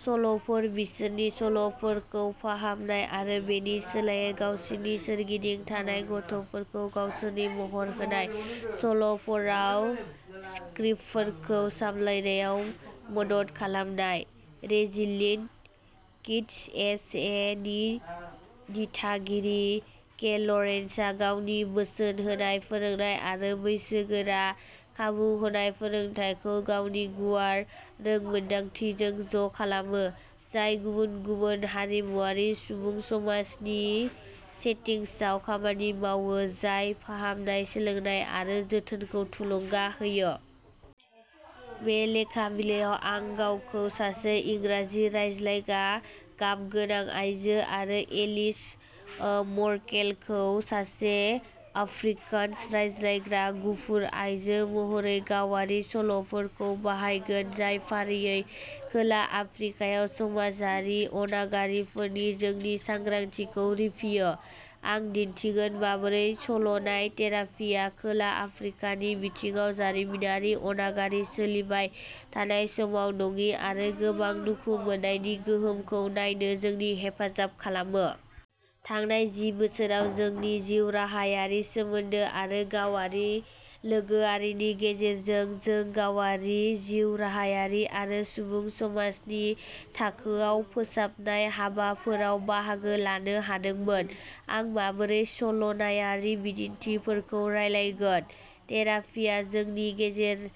सल'फोर बिसोरनि सल'फोरखौ फाहामनाय आरो बेनि सोलायै गावसिनि सोरगिदिं थानाय गथ'फोरखौ गावसिनि महर होनाय सल'फोराव स्क्रिप्टफोरखौ सामलायनायाव मदद खालामनाय। रेजिलिएन्ट किड्स एस ए नि दिथागिरि के लरेन्जआ गावनि बोसोन होनाय फोरोंनाय आरो बैसोगोरा खाबु होनाय फोरोंथायखौ गावनि गुवार रोंमोनदांथिजों ज' खालामो जाय गुबुन-गुबुन हारिमुआरि सुबुं समाजनि सेटिंसआव खामानि मावो जाय फाहामनाय सोलोंनाय आरो जोथोनखौ थुलुंगा होयो। बे लेखा बिलायाव आं गावखौ सासे इंराजि रायज्लायग्रा गाबगोनां आइजो आरो एलिज ओ मर्केलखौ सासे आफ्रिकान्स रायज्लायग्रा गुफुर आयजो महरै गावारि सल'फोरखौ बाहायगोन जाय फारियै खोला आफ्रिकायाव समाजारि अनागारिफोरनि जोंनि सांग्रांथिखौ रिफियो। आं दिन्थिगोन माबोरै सल'नाय थेरापिआ खोला आफ्रिकानि बिथिङाव जारिमिनारि अनागारि सोलिबाय थानाय समान नङि आरो गोबां दुखु मोननायनि गोहोमखौ नायनो जोंनि हेफाजाब खालामो। थांनाय जि बोसोराव जोंनि जिउराहायारि सोमोन्दो आरो गावारि लोगोआरिनि गेजेरजों जों गावारि जिउराहायारि आरो सुबुं समाजनि थाखोआव फोसाबनाय हाबाफोराव बाहागो लानो हादोंमोन। आं माबोरै सल'नायारि बिदिन्थिफोरखौ रानलायगोन। थेरापिआ जोंनि गेजेर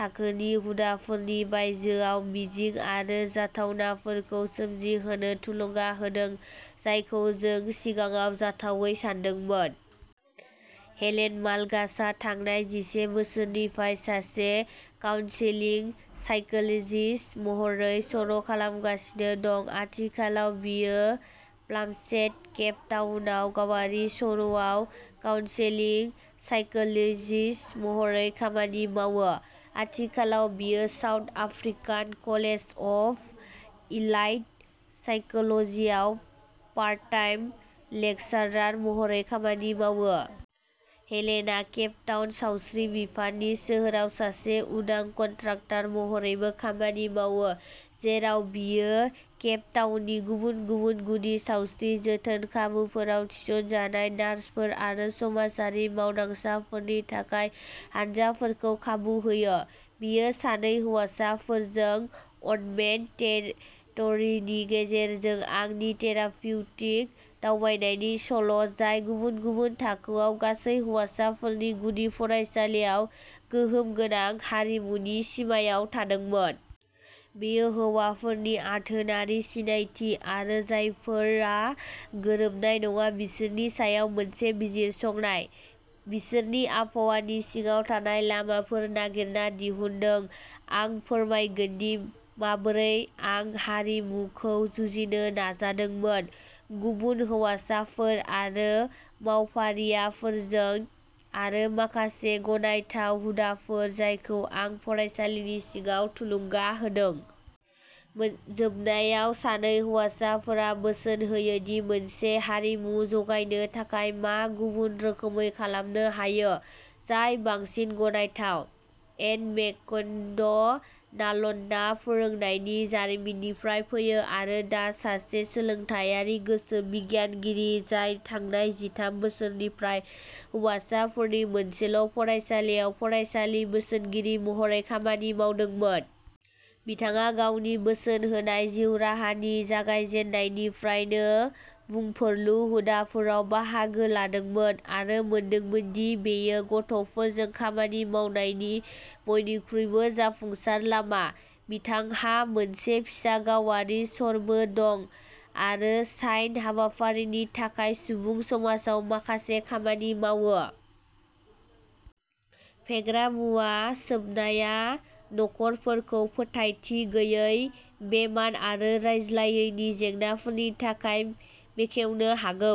थाखोनि हुदाफोरनि बायजोआव मिजिं आरो जाथावनाफोरखौ सोमजिहोनो थुलुंगा होदों जायखौ जों सिगाङाव जाथावै सानदोंमोन। हेलेन मालगासआ थांनाय जिसे बोसोरनिफ्राय सासे काउन्सेलिं साइकोलजिस्ट महरै सर'खालामगासिनो दं। आथिखालाव बियो प्लामसेट केप टाउनआव गावारि सर'आव काउन्सेलिं साइकोलजिस्ट महरै खामानि मावो। आथिखालाव बियो South African college of applied साइकोलजियाव पार्ट टाइम लेकचारार महरै खामानि मावो। हेलेनआ केप टाउन सावस्रि बिफाननि सोहोराव सासे उदां कन्ट्राक्टार महरैबो खामानि मावो जेराव बियो केप टाउननि गुबुन गुबुन गुदि सावस्रि जोथोन खाबुफोराव थिसनजानाय नार्सफोर आरो समाजारि मावदांसाफोरनि थाखाय हानजाफोरखौ खाबु होयो। बेयो सानै हौवासाफोरजों अनमेप्ड टेरिट'रि नि गेजेरजों आंनि थेरापिउटिक दावबायनायनि सल' जाय गुबुन गुबुन थाखोआव गासै हौवासाफोरनि गुदि फरायसालिआव गोहोम गोनां हारिमुनि सिमायाव थादोंमोन। बेयो हौवाफोरनि आथोनारि सिनायथि आरो जायफोरा गोरोबनाय नङा बिसोरनि सायाव मोनसे बिजिरसंनाय। बिसोरनि आबहावानि सिङाव थानायनि लामाफोर नागिरना दिहुनदों। आं फोरमायगोनदि माबोरै आं हारिमुखौ जुजिनो नाजादोंमोन गुबुन हौवासाफोर आरो मावफारियाफोरजों आरो माखासे गनायथाव हुदाफोर जायखौ आं फरायसालिनि सिङाव थुलुंगा होदों। मोन जोबनायाव सानै हौवासाफोरा बोसोन होयो दि मोनसे हारिमु जगायनो थाखाय मा गुबुन रोखोमै खालामनो हायो जाय बांसिन गनायथाव। एन मेकमोड'नाल्डआ फोरोंनायनि जारिमिननिफ्राय फैयो आरो दा सासे सोलोंथायारि गोसो बिगियानगिरि जाय थांनाय जिथाम बोसोरफोरनिफ्राय हौवासाफोरनि मोनसेल' फरायसालियाव फरायसालि बोसोनगिरि महरै खामानि मावदोंमोन। बिथाङा गावनि बोसोन होनाय जिउराहानि जागायजेन्नायनिफ्रायनो बुंफोरलु हुदाफोराव बाहागो लादोंमोन आरो मोनदोंमोन दि बेयो गथ'फोरजों खामानि मावनायनि बयनिख्रुइबो जाफुंसार लामा। बिथांहा मोनसे फिसा गावारि सर'बो दं आरो शाइन हाबाफारिनि थाखाय सुबुं समाजाव माखासे खामानि मावो। फेग्रा मुवा सोबनाया न'खरफोरखौ फोथायथि गैयै बेइमान आरो रायज्लायजायैनि जेंनाफोरनि थाखाय बेखेवनो हागौ।